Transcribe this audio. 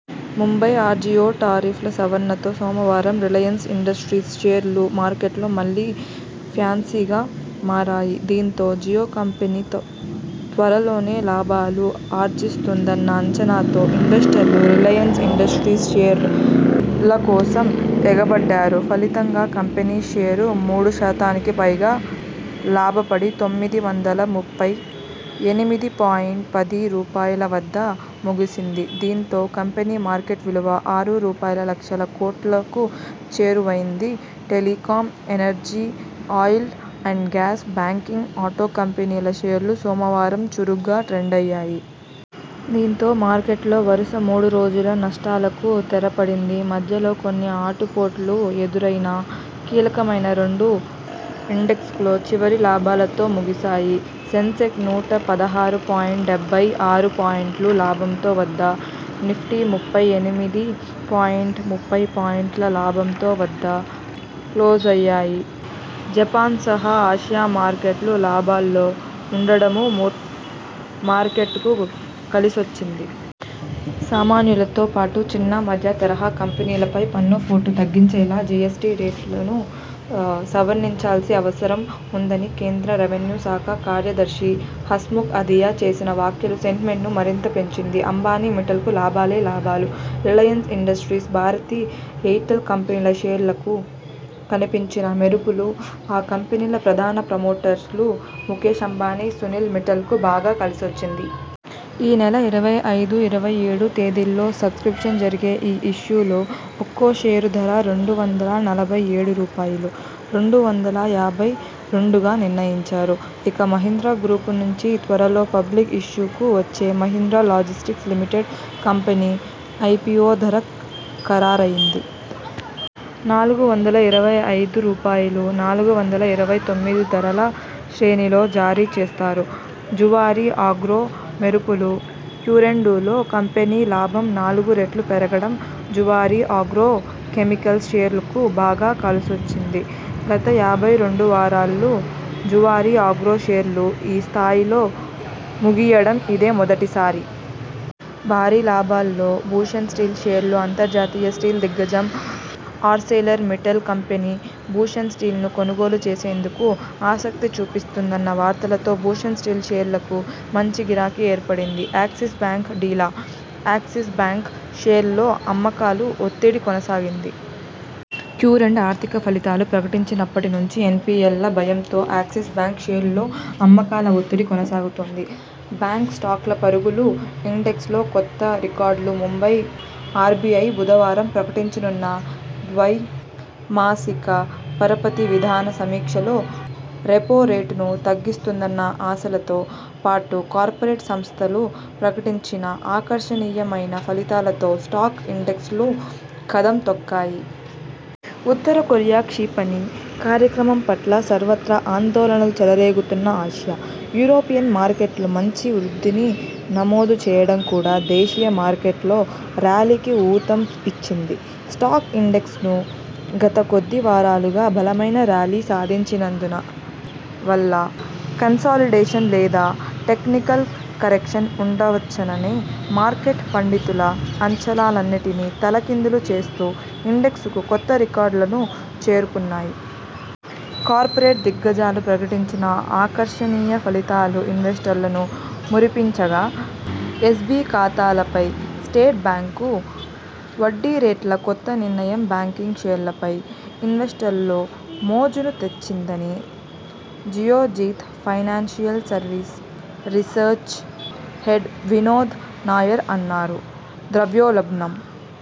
Mumbai RJio tariff ల సవరణతో సోమవారం రిలయన్స్ ఇండస్ట్రీస్ షేర్లు మార్కెట్లో మళ్లీ ఫ్యాన్సీగా మారాయి. దీంతో జియో కంపెనీ త్వరలోనే లాభాలు ఆర్జిస్తుందన్న అంచనాతో ఇన్వెస్టర్లు రిలయన్స్ ఇండస్ట్రీస్ షేర్ల కోసం ఎగబడ్డారు. ఫలితంగా కంపెనీ షేరు మూడు శాతానికి పైగా లాభపడి తొమ్మిది వందల ముప్పై ఎనిమిది పాయింట్ పది రూపాయల వద్ద ముగిసింది దీంతో కంపెనీ మార్కెట్ విలువ ఆరు రూపాయల లక్షల కోట్లకు చేరువైంది telecom, energy, oil and gas, banking, auto కంపెనీల షేర్లూ సోమవారం చురుగ్గా ట్రెండ్ య్యాయి. దీంతో మార్కెట్లో వరుస మూడు రోజుల నష్టాలకు తెర పడింది. మధ్యలో కొన్ని ఆటు పోట్లు ఎదురైనా కీలకమైన రెండు ఇండెక్స్లు చివరికి లాభాలతో ముగిశాయి. సెన్సెక్స్ నూట పదహారు పాయింట్ డెబ్బై ఆరు పాయింట్ల లాభంతో వద్ద, నిఫ్టీ ముప్పై ఎనిమిది పాయింట్ ముప్పై పాయింట్ల లాభంతో వద్ద క్లోజయ్యాయి జపాన్సహా ఆసియా మార్కెట్లు లాభాల్లో ఉండడమూ ము మార్కెట్కు కలిసొచ్చింది. సామాన్యులతో పాటు చిన్న, మధ్య తరహా కంపెనీలపై పన్ను పోటు తగ్గించేలా జిఎ్సటి రేట్లను సవరించాల్సిన అవసరం ఉందని కేంద్ర రెవెన్యూ శాఖ కార్యదర్శి హస్ముఖ్ అధియా చేసిన వ్యాఖ్యలు సెంటి మెంట్ను మరింత పెంచింది. అంబానీ, మిట్టల్కు లాభాలే లాభాలు రిలయన్స్ ఇండస్ట్రీస్, భారతి ఎయిర్టెల్ కంపెనీల షేర్లలో కనిపించిన మెరుపులు ఆ కంపెనీల ప్రధాన ప్రమోటర్లు ముకేశ్ అంబానీ, సునీల్ మిట్టల్లకు బాగా కలిసొచ్చింది. ఈ నెల ఇరవై ఐదు ,ఇరవై ఏడు తేదీల్లో సబ్ స్క్రిప్టిన్ జరిగే ఈ ఇష్యూలో ఒక్కో షేరు ధర రెండు వందల నలభై ఏడు రూపాయలు ,రెండు వందల యాభై రెండుగా నిర్ణయించారు. ఇక మహీంద్రా గ్రూపు నుంచి త్వరలో పబ్లిక్ ఇష్యూకు వచ్చే Mahindra logistics limited company IPO ధర ఖరారైంది. నాలుగు వందల ఇరవై ఐదు రూపాయలు ,నాలుగు వందల ఇరవై తొమ్మిది ధరల శ్రేణిలో జారీ చేస్తారు. జువారి ఆగ్రో మెరుపులు క్యురెండులో కంపెనీ లాభం నాలుగు రెట్లు పెరగడం జువారీ ఆగ్రో కెమెకల్స్ షేర్లకు బాగా కలిసొచ్చింది. గత యాభై రెండు వారాల్లో జువారీ ఆగ్రో షేర్లు ఈ స్థాయిలో ముగియడం ఇదే మొదటిసారి. భారీ లాభాల్లో భూషణ్ స్టీల్ షేర్లు అంతర్జాతీయ స్టీల్ దిగ్గజం ఆర్సెలర్ మిట్టల్ కంపెనీ భూషణ్ స్టీల్ను కొనుగోలు చేసేందుకు ఆసక్తి చూపిస్తోందన్న వార్తలతో భూషణ్ స్టీల్ షేర్లకు మంచి గిరాకీ ఏర్పడింది. యాక్సిస్ బ్యాంక్ డీలా యాక్సిస్ బ్యాంక్ షేర్లలో అమ్మకాల ఒత్తిడి కొనసాగింది. క్యురెండు ఆర్థిక ఫలితాలు ప్రకటించినప్పటి నుంచి ఎన్పిఎల భయంతో యాక్సిస్ బ్యాంక్ షేర్లలో అమ్మకాల ఒత్తిడి కొనసాగుతోంది. బ్యాంక్ స్టాక్ల పరుగులు ఇండెక్స్ల కొత్త రికార్డులు ముంబై ఆర్బిఐ బుధవారం ప్రకటించనున్న ద్వై మాసిక పరపతి విధాన సమీక్షలో రెపో రేటును తగ్గిస్తుందన్న ఆశలతో పాటు కార్పొరేట్ సంస్థలు ప్రకటించిన ఆకర్షణీయ మైన ఫలితాలతో స్టాక్ ఇండెక్స్లు కదం తొక్కాయి. ఉత్తర కొరియా క్షిపణి కార్యక్రమం పట్ల సర్వత్రా ఆందోళనలు చెల రేగుతున్నా ఆసియా, యూరోపియన్ మార్కెట్లు మంచి వృద్ధిని నమో దు చేయడం కూడా దేశీయ మార్కెట్లో ర్యాలీకి ఊతం ఇచ్చింది. స్టాక్ ఇండెక్స్లు గత కొద్ది వారాలుగా బలమైన ర్యాలీ సాధించినందు వల్ల కన్సాలిడేషన్ లేదా టెక్నికల్ కరెక్షన్ ఉండవచ్చుననే మార్కెట్ పండితుల అంచనాలన్నింటినీ తల కిందులు చేస్తూ ఇండెక్స్లు కొత్త రికార్డులకు చేరుకున్నాయి. కార్పొరేట్ దిగ్గజాలు ప్రకటించిన ఆకర్షణీయ ఫలితాలు ఇన్వెస్టర్లను మురిపించగా ఎస్బి ఖాతాలపై స్టేట్ బ్యాంకు వడ్డీరేట్ల కోత నిర్ణయం బ్యాంకింగ్ షేర్లపై ఇన్వెస్టర్లలో మోజును తెచ్చిందని Geojit financial services research head Vinod Nair అన్నారు. ద్రవ్యోల్బణం